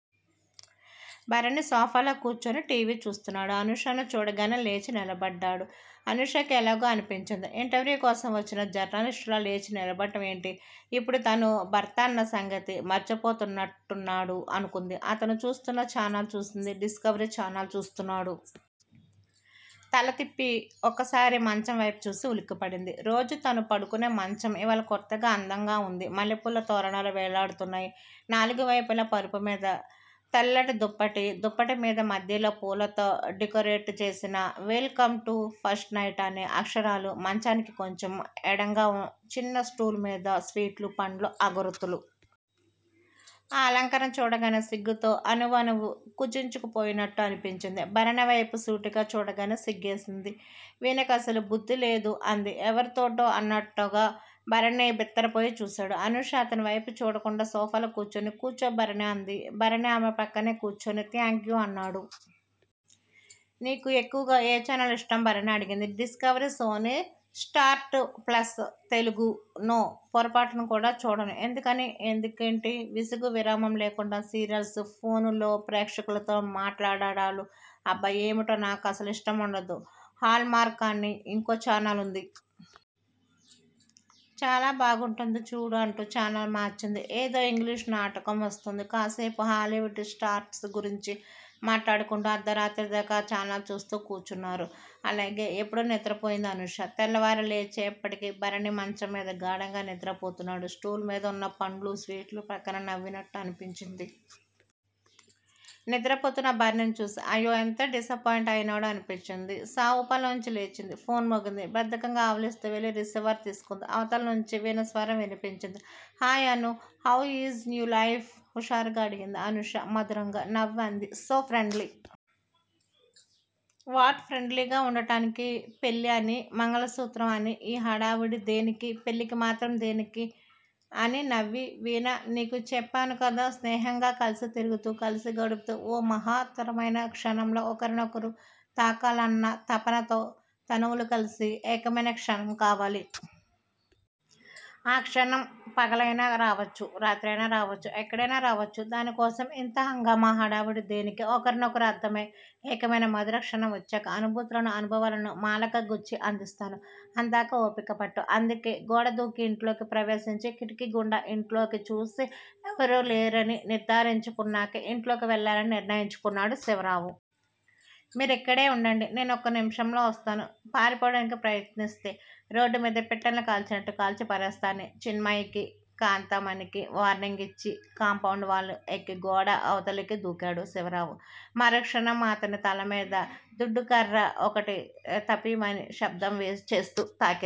భరణి, సోఫాలో కూర్చుని TV చూస్తున్నాడు. అనూషను చూడగానే లేచి నిలబడ్డాడు. అనూషకి ఎలాగో అనిపించింది. ఇంటర్య్వూ కోసం వచ్చిన జర్నలిస్టులా లేచి నిలబడటం ఏంటి? ఇప్పుడు తను భర్త అన్న సంగతి మర్చిపోతున్నట్టున్నాడు అనుకుంది. అతను చూస్తున్న ఛానల్ చూసింది. డిస్కవరీ ఛానల్ చూస్తున్నాడు. తలతిప్పి ఒక్కసారి మంచం వైపుచూసి ఉలిక్కిపడింది. రోజూ తను పడుకునే మంచం ఇవాళ కొత్తగా, అందంగా వుంది. మల్లెపూల తోరణాలు వెళ్ళాడుతున్నాయి నాలుగువైపులా. పరుపుమీద తల్లటి దుప్పటి. దుప్పటి మీద మద్యలో పూలతో డికోరేట్ చేసిన welcome to first night అనే అక్షరాలు మంచానికి కొంచెం ఎడంగా చిన్న స్టూలుమీద స్వీట్స్, పండ్లు, అగరొత్తులు. ఆ అలంకరణ చూడగానే సిగ్గుతో అణువణువూ కుంచించుకుపోయినట్టు అనిపించి. భరణి వైపు సూటిగా చూడగానే సిగ్గేసింది. వీణకసలు బుద్దిలేదు అంది ఎవరితోటో అన్నట్టుగా. భరణి భిత్తరపోయి చూశాడు. అనూష అతని వైపు చూడకుండా సోపాలో కూర్చుని. కూర్చో భరణీ! అంది. భరణి ఆమె పక్కనే కూర్చుని- థాంక్యూ అన్నాడు. నీకు ఎక్కువగా ఎ చానల్ ఇష్టం భరణీ అడిగింది. Discovery, Sony, Star Plus Telugu no! పొరపాటున కూడా చూడను ఎందుకని? ఎందుకేంటి? విసుగూ, విరామం లేకుండా సీరియల్సు, ఫోనులో ప్రేక్షకులతో మాట్లాడడాలు అబ్బ ఏమిటో నాకసలు యిష్టం వుండదు. హల్ మార్క్ అని ఇంకో ఛానల్ వుంది. చాలా బాగుంటుంది చూడు అంటూ ఛానల్ మార్చింది. ఏదో ఇంగ్లీషు నాటకం వస్తోంది. కాసేపు హాలీవుడ్ స్టార్స్ గురించి మాట్లాడకుంటూ, అర్దరాత్రిదాకా ఆ ఛానల్ చూస్తూ కూర్చూన్నారు. అలాగే ఎప్పుడో నిద్రపోయింది అనూష. తెల్లవారి లేచేటప్పటికి భరణి మంచంమీద గాడంగా నిద్రపోతున్నాడు. స్టూలుమీద వున్న పండ్లు, స్వీట్స్ ఫక్కున నవ్వినట్టు అనిపించింది. నిద్రపోతున్న భరణిని చూసి అయ్యో! ఎంత డిసపాయింట్ అయినాడో అనిపించింది. సావుపలోంచి లేచింది. ఫోన్ మోగింది. బద్దకంగా ఆవలిస్తూ వెళ్ళి రిసీవర్ తీసుకుంది. అవతల నుంచి వీణ స్వరం వినిపించింది. Hi Anu! How is new life? హుఉశారుగా అడిగింది. అనూష మధురంగా నవ్వి అంది సో ప్రెండ్లీ. వాట్? ప్రెండ్లీ గా వుండటానికి పెళ్ళి అని, మంగళసూత్రం అనీ ఈ హడావిడి దేనికి? పెళ్ళికి మాత్రం దేనికి? అని నవ్వి వీణా! నీకు చెప్పానుకదూ! స్నేహంగా కలసి తిరుగుతూ, కలసి గడుపుతూ ఓ మహా త్తరమైన క్షణంలో ఒకనొకరు తాకాలన్న తపనతో తనువులు కలసి, ఏకమైన క్షణం కావాలి. ఆ క్షణం పగలయినా రావచ్చు, రాత్రియిన రావచ్చు. ఎక్కడయినా రావచ్చు. దానికోసం ఇంత హంగామా, హాడావిడి దేనికి? ఒకరికొకరు అర్ధమై, ఏకమయ్ మధురక్షణం వచ్చాక అనుభూతులను, అనుభవాలను మాలగా గుచ్చి అందిస్తాను. అందాకా ఓపికపట్టు. అందుకే గోడదూకి ఇంట్లోకి ప్రవేశించి కిటికిగుండా ఇంట్లోకి చూసి ఎవరూలేరని నిర్ధారించుకున్నాకే ఇంట్లోకి వెళ్ళాలని నిర్ణయించుకున్నాడు శివరావు. మీరు ఇక్కడే ఉండండి నేను ఒక్క నిముషంలో వస్తాను. పారిపోవడానికి ప్రయత్నిస్తే రోడ్డు మీదే పిట్టల్ని కాల్చినట్టు కాల్చిపారేస్తా అని చిన్నమ్మాయికి, కాంతామణికి వార్నింగ్ ఇచ్చి కాంపౌండ్ వాల్ ఎక్కి గోడ అవతలకి దూకాడు శివరావు. మరుక్షణం అతని తలమీద దుడ్డుకర్ర ఒకటి తపిమని శబ్దం చేస్తూ తాకింది.